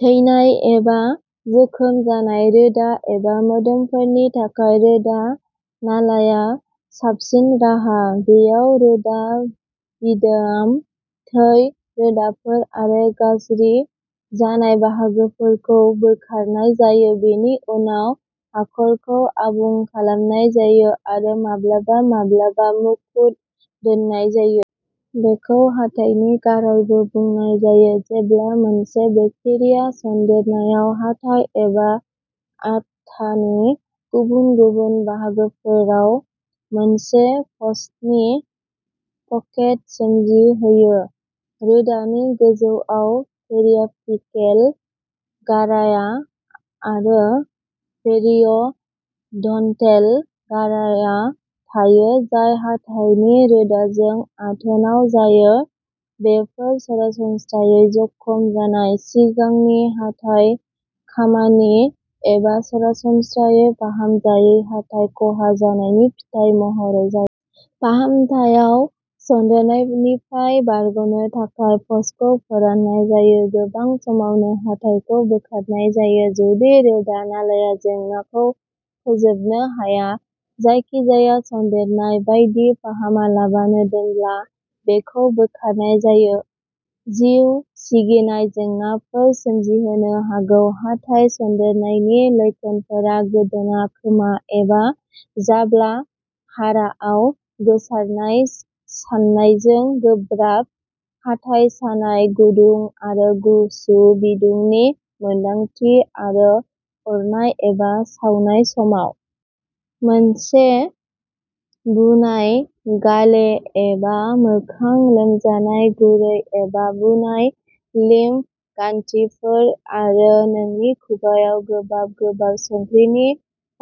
थैनाय एबा जोखोम जानाय रोदा एबा मोदोमफोरनि थाखाय, रोदा नालाया साबसिन राहा। बेयाव रोदा, बिदाम, थै रोदाफोर आरो गाज्रि जानाय बाहागोफोरखौ बोखारनाय जायो। बेनि उनाव हाखरखौ आबुं खालामनाय जायो आरो माब्लाबा-माब्लाबा मुकुट दोननाय जायो। बेखौ हाथाइनि गारायबो बुंनाय जायो, जेब्ला मोनसे बेक्टेरिया सन्देरनाया हाथाइ एबा आथानि गुबुन-गुबुन बाहागोफोराव मोनसे पसनि पकेट सोमजिहोयो। रोदानि गोजौआव पेरियापिकेल गाराय आरो पेरिय'डन्टेल गाराय थायो जाय हाथाइनि रोदाजों आथोनाव जायो। बेफोर सरासनस्रायै जखम जानाय, सिगांनि हाथाइ खामानि, एबा सरासनस्रायै फाहामजायै हाथाइ ख'हा जानायनि फिथाय महरै जायो। फाहामथायाव सन्देरनायनिफ्राय बारग'नो थाखाय पसखौ फोराननाय जायो। गोबां समावनो हाथाइखौ बोखारनाय जायो जुदि रोदा नालाया जेंनाखौ फोजोबनो हाया। जायखिजाया सन्देरनाय बायदि, फाहामालाबानो दोनब्ला, बेखौ बोखारनाय जायो। जिउ सिगिनाय जेंनाफोर सोमजिहोनो हागौ। हाथाइ सन्देरनायनि लैखोनफोरा गोदोना, खोमा एबा जाब्ला हाराआव गोसारनाय सानायजों गोब्राब हाथाइ सानाय, गुदुं आरो गुसु बिदुंनि मोनदांथि आरो अरनाय एबा सावनाय समाव। मोनसे बुनाय गाले एबा मोखां, लोमजानाय, गुरै एबा बुनाय लिम्फ गान्थिफोर आरो नोंनि खुगाआव गोबाब गोबाब संख्रिनि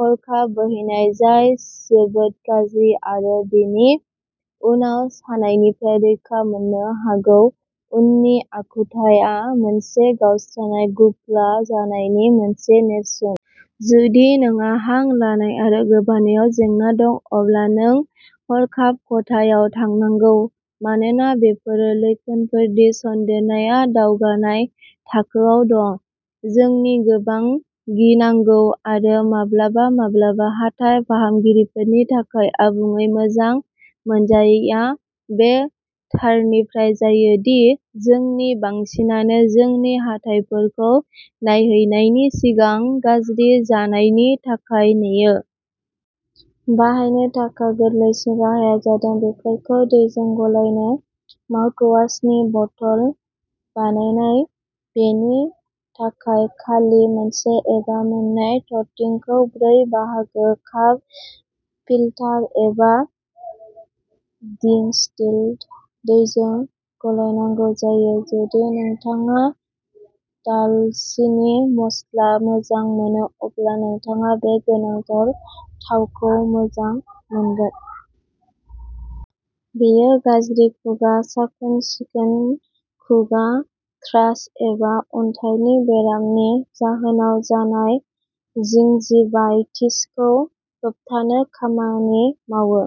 हरखाब बोहैनाय जाय जोबोद गाज्रि आरो बेनि उनाव सानायनिफ्राय रैखा मोननो हागौ। उननि आखुथाया मोनसे गावस्रानाय गुग्ला जानायनि मोनसे नेरसोन। जुदि नोंहा हां लानाय आरो गोबानायाव जेंना दं, अब्ला नों हरखाब खथायाव थांनांगौ मानोना बेफोरो लैखोनफोर दि सन्देरनाया दावगानाय थाखोआव दं। जोंनि गोबां गिनांगौ आरो माब्लाबा-माब्लाबा हाथाइ फाहामगिरिफोरनि थाखाय आबुङै मोजां मोनजायैआ बे थारनिफ्राय जायो दि जोंनि बांसिनानो जोंनि हाथाइफोरखौ नायहैनायनि सिगां गाज्रि जानायनि थाखाय नेयो। बाहायनो थाखाय गोरलैसिन राहाया जादों बेफोरखौ दैजों गलायनानै माउथवाशनि बथल बानायनाय। बेनि थाखाय खालि मोनसे एबा मोननै थरथिंखौ ब्रै बाहागो काप फिल्टार एबा डिस्टिल्ड दैजों गलायनांगौ जायो। जुदि नोंथाङा दालसिनि मस्ला मोजां मोनो, अब्ला नोंथाङा बे गोनांथार थावखौ मोजां मोनगोन। बेयो गाज्रि खुगा साखोन-सिखोन, खुगा थ्रास आरो आन्थानि बेरामनि जाहोनाव जानाय जिंजिभाइटिसखौ होबथानो खामानि मावो।